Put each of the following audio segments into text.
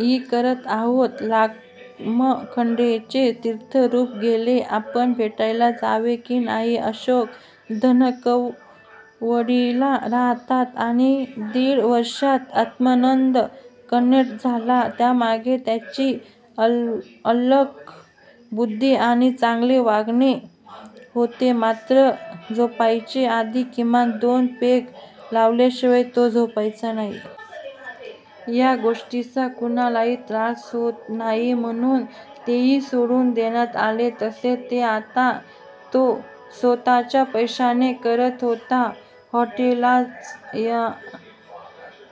E करत आहेत, लामखडेंचे तीर्थरूप गेले, आपण भेटायला जावे की नाही? अशोक धनकवडीला राहतात. आणि दिड वर्षात आत्मानंद कॅप्टन झाला! त्यामागे त्याची तल्लख बुद्धी आणि चांगले वागणे होते. मात्र झोपायच्या आधी किमान दोन पेग लावल्याशिवाय तो झोपायचा नाही. या गोष्टीचा कुणालाही त्रास होत नाही म्हणून तेही सोडून देण्यात आले. तसेच, ते आता तो स्वतःच्या पैशाने करत होता. हॉटेलचाच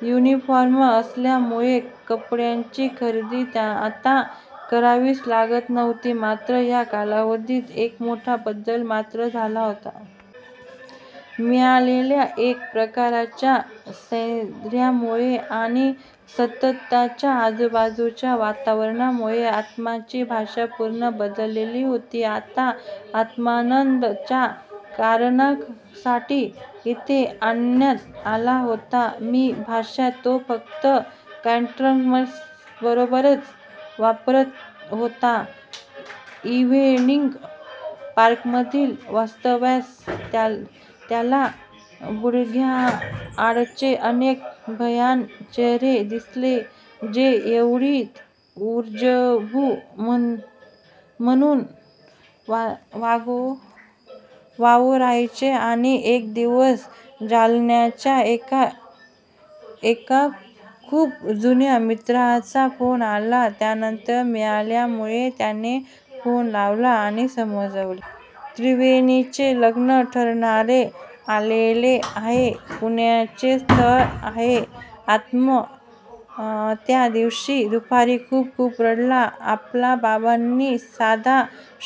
युनिफॉर्म असल्यामुळे कपड्यांची खरेदी आता करावीच लागत नव्हती. मात्र. या कालावधीत एक मोठा बदल मात्र झाला होता. मिळालेल्या एक प्रकारच्या स्थैर्यामुळे आणि सततच्या आजूबाजूच्या वातावरणामुळे आत्म्याची भाषा पूर्ण बदललेली होती. आता आत्मानंद ज्या कारणासाठी इथे आणण्यात आला होता ती भाषा तो फक्त कस्टमर्सबरोबरच वापरत होता. इव्हिनिंग पार्कमधील वास्तव्यात त्याला बुरख्यांआडचे अनेक भयाण चेहरे दिसले जे एरवी उच्चभ्रू म्हणून वावरायचे आणि एक दिवस जालन्याच्या एका खूप जुन्या मित्राचा फोन नंबर त्याला मिळाल्यामुळे त्याने फोन लावला आणि समजले. त्रिवेणीचे लग्न ठरण्यात आलेले आहे. पुण्याचेच स्थळ आहे.. आत्मा त्या दिवशी दुपारी खूप खूप रडला आपला बाबांनी साधा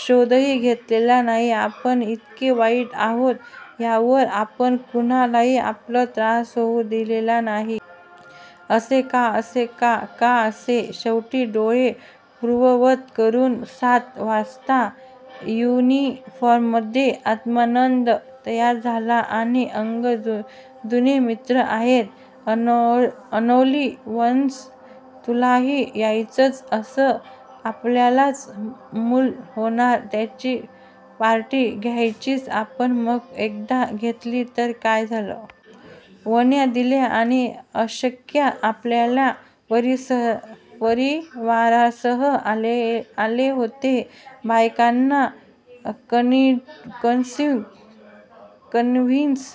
शोधही घेतलेला नाही. आपण इतके वाइट आहोत? आजवर आपण कुणालाही आपला त्रास होऊ दिलेला नाही. असे का? असे का? का असे? शेवटी डोळे पुर्ववत करून सात वाजता युनिफॉर्ममध्ये आत्मानंद तयार झाला. आणि "अगं जुने मित्रं आहेत. ओनली वन्स तुलाही यायचंय " "अगं आपल्यालाच मूल होणार त्याची पार्टी द्यायचीय आपण मग एकदा घेतली तर काय झालं? " वन्या, दिल्या आणि अश्क्या आपापल्या परिवारासह आले होते. बायकांना कन्व्हिन्स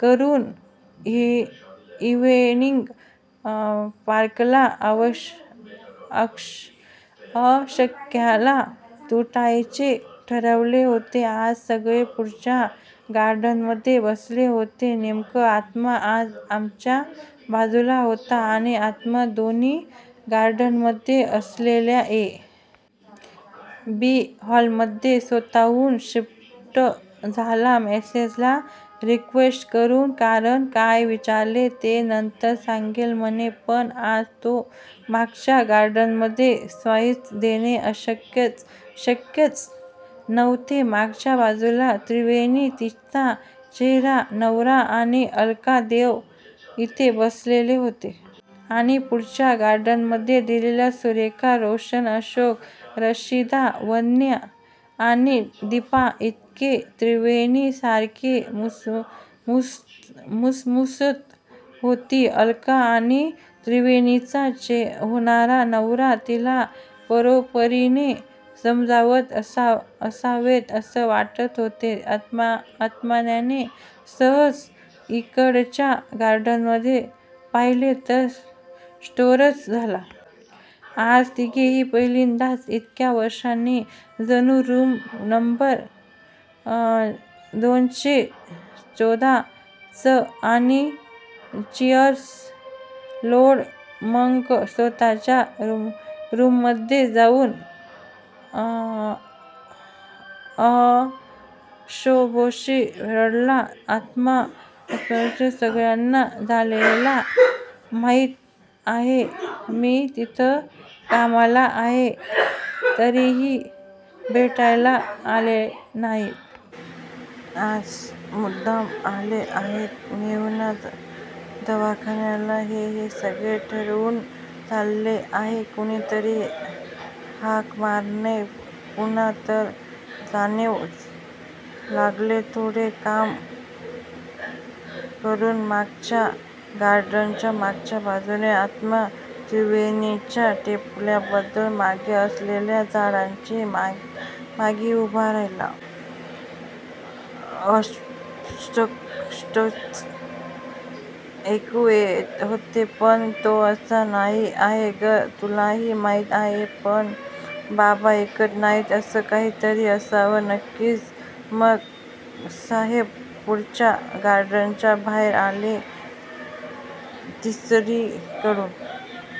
करून इव्हिनिंग पार्कला! अश्क्याला लुटायचेच ठरवले होते आज सगळे पुढच्या गार्डनमध्ये बसले होते. नेमका आत्मा आज मागच्या बाजूला होता. आणि आत्मा दोन्ही गार्डनच्यामध्ये असलेल्या ए. सी. हॉलमध्ये स्वतःहून शिफ्ट झाला. मॅनेजरला रिक्वेस्ट करून! कारण काय विचारले तर 'नंतर सांगेन' म्हणे! पण आज तो मागच्या गार्डनमध्ये सर्व्हिस देणे शक्यच नव्हते. मागच्या बाजूला त्रिवेणी तिचा होणारा नवरा आणि अलका देव तिघे बसले होते. आणि पुढच्या गार्डनमध्ये दिल्या, सुरेखा, रोहन, अशोक, रशिदा, वन्या आणि दीपा इकडे त्रिवेणी सारखी मुसमुसत होती. अलका आणि त्रिवेणीचा होणारा नवरा तिला परोपरीने समजावत असावेत असे वाटत होते. आत्म्याने सहज इकडच्या गार्डनमध्ये पाहिले तर स्फोटच झाला. आज तिघेही पहिल्यांदाच इतक्या वर्षांनी.. जणू रूम नंबर दोनशे चौदा च आणि चीअर्स ओल्ड मंक स्वतःच्या रूममध्ये जाऊन ओक्साबोक्शी रडला आत्मा! ओक्साबोक्शी! सगळ्यांना साल्यांना माहीत आहे. मी इथे कामाला आहे.. तरीही भेटायला आले नाहीत.. आज मुद्दाम आले आहेत. मेहुणा दाखवायला हे-हे सगळे ठरवून चाललेले आहे. कुणीतरी हाक मारल्याने पुन्हा वर जावेच लागले थोडे काम करून मागच्या गार्डनच्या मागच्या बाजूने आत्मा त्रिवेणीच्या टेबलच्या मागे असलेल्या झाडीच्या मागे उभा राहिला.. अस्पष्टच ऐकू येत होते.. पण.. 'तो तसा नाही आहे गं.. तुलाही माहीत आहे.. पण.. बाबा ऐकत नाहीत. ' असं काहीतरी असावं नक्कीच मग साहेब पुढच्या गार्डनच्या बाहेर आले. तिसरीचकडून.--